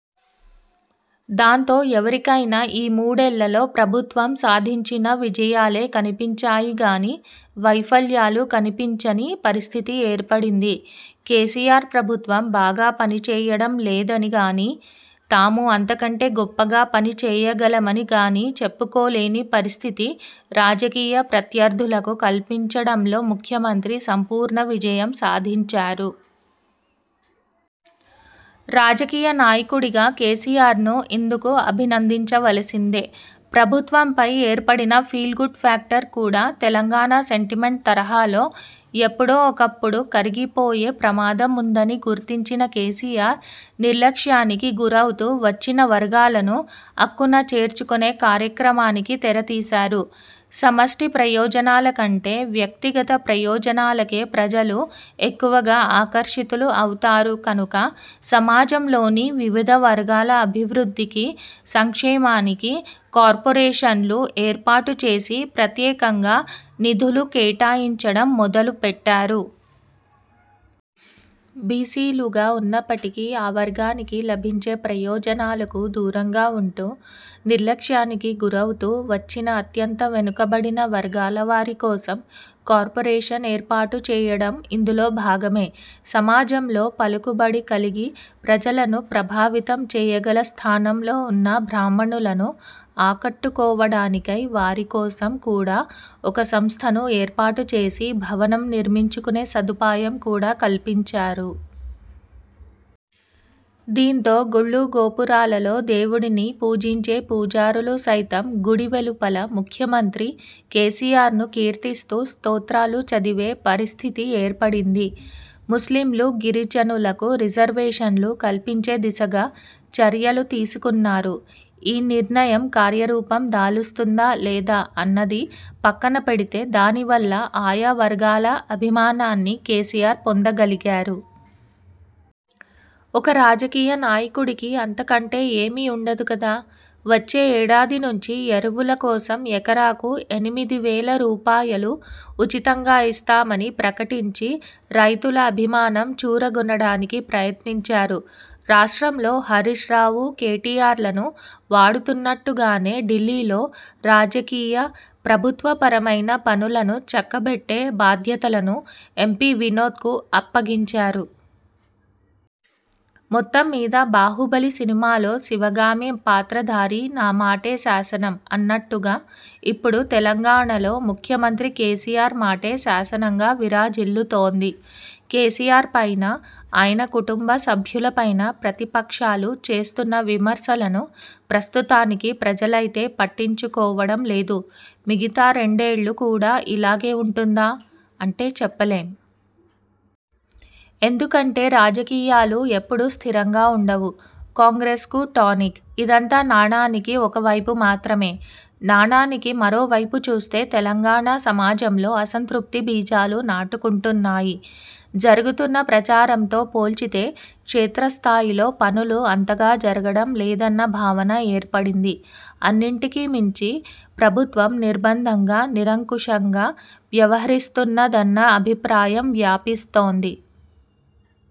దాంతో ఎవరికైనా ఈ మూడేళ్లలో ప్రభుత్వం సాధించిన విజయాలే కనిపించాయి గానీ వైఫల్యాలు కనిపించని పరిస్థితి ఏర్పడింది. కేసీఆర్ ప్రభుత్వం బాగా పనిచేయడం లేదని గానీ, తాము అంతకంటే గొప్పగా పని చేయగలమని గానీ చెప్పుకోలేని పరిస్థితి రాజకీయ ప్రత్యర్థులకు కల్పించడంలో ముఖ్యమంత్రి సంపూర్ణ విజయం సాధించారు. రాజకీయ నాయకుడిగా కేసీఆర్ను ఇందుకు అభినందించవలసిందే! ప్రభుత్వంపై ఏర్పడిన ఫీల్ గుడ్ ఫ్యాక్టర్ కూడా తెలంగాణ సెంటిమెంట్ తరహాలో ఎప్పుడో ఒకప్పుడు కరిగిపోయే ప్రమాదం ఉందని గుర్తించిన కేసీఆర్, నిర్లక్ష్యానికి గురవుతూ వచ్చిన వర్గాలను అక్కున చేర్చుకునే కార్యక్రమానికి తెర తీశారు. సమష్టి ప్రయోజనాల కంటే వ్యక్తిగత ప్రయోజనాలకే ప్రజలు ఎక్కువగా ఆకర్షితులు అవుతారు కనుక సమాజంలోని వివిధ వర్గాల అభివృద్ధికి, సంక్షేమానికి కార్పొరేషన్లు ఏర్పాటు చేసి ప్రత్యేకంగా నిధులు కేటాయించడం మొదలుపెట్టారు. బీసీలుగా ఉన్నప్పటికీ ఆ వర్గానికి లభించే ప్రయోజనాలకు దూరంగా ఉంటూ నిర్లక్ష్యానికి గురవుతూ వచ్చిన అత్యంత వెనుకబడిన వర్గాలవారి కోసం కార్పొరేషన్ ఏర్పాటుచేయడం ఇందులో భాగమే! సమాజంలో పలుకుబడి కలిగి ప్రజలను ప్రభావితం చేయగల స్థానంలో ఉన్న బ్రాహ్మణులను ఆకట్టుకోవడానికై వారి కోసం కూడా ఒక సంస్థను ఏర్పాటుచేసి, భవనం నిర్మించుకునే సదుపాయం కూడా కల్పించారు. దీంతో గుళ్లు- గోపురాలలో దేవుడిని పూజించే పూజారులు సైతం గుడి వెలుపల ముఖ్యమంత్రి కేసీఆర్ను కీర్తిస్తూ స్తోత్రాలు చదివే పరిస్థితి ఏర్పడింది. ముస్లింలు, గిరిజనులకు రిజర్వేషన్లు కల్పించే దిశగా చర్యలు తీసుకున్నారు. ఈ నిర్ణయం కార్యరూపం దాలుస్తుందా? లేదా? అన్నది పక్కనపెడితే దానివల్ల ఆయా వర్గాల అభిమానాన్ని కేసీఆర్ పొందగలిగారు. ఒక రాజకీయ నాయకుడికి అంతకంటే ఏమీ ఉండదు కదా! వచ్చే ఏడాది నుంచి ఎరువుల కోసం ఎకరాకు ఎనిమిది వేల రూపాయలు ఉచితంగా ఇస్తామని ప్రకటించి రైతుల అభిమానం చూరగొనడానికి ప్రయత్నించారు. రాష్ట్రంలో హరీశ్రావు, కేటీఆర్లను వాడుతున్నట్టుగానే ఢిల్లీలో రాజకీయ, ప్రభుత్వపరమైన పనులను చక్కబెట్టే బాధ్యతలను ఎంపీ వినోద్కు అప్పగించారు. మొత్తంమీద బాహుబలి సినిమాలో శివగామి పాత్రధారి 'నా మాటే శాసనం' అన్నట్టుగా ఇప్పుడు తెలంగాణలో ముఖ్యమంత్రి కేసీఆర్ మాటే శాసనంగా విరాజిల్లుతోంది. కేసీఆర్పైన ఆయన కుటుంబసభ్యులపైన ప్రతిపక్షాలు చేస్తున్న విమర్శలను ప్రస్తుతానికి ప్రజలైతే పట్టించుకోవడం లేదు. మిగతా రెండేళ్లు కూడా ఇలాగే ఉంటుందా? అంటే చెప్పలేం! ఎందుకంటే రాజకీయాలు ఎప్పుడూ స్థిరంగా ఉండవు. కాంగ్రెస్కు టానిక్! ఇదంతా నాణానికి ఒకవైపు మాత్రమే! నాణానికి మరోవైపు చూస్తే తెలంగాణ సమాజంలో అసంతృప్తి బీజాలు నాటుకుంటున్నాయి. జరుగుతున్న ప్రచారంతో పోల్చితే క్షేత్ర స్థాయిలో పనులు అంతగా జరగడం లేదన్న భావన ఏర్పడింది. అన్నింటికీ మించి ప్రభుత్వం నిర్బంధంగా, నిరంకుశంగా వ్యహరిస్తున్నదన్న అభిప్రాయం వ్యాపిస్తోంది.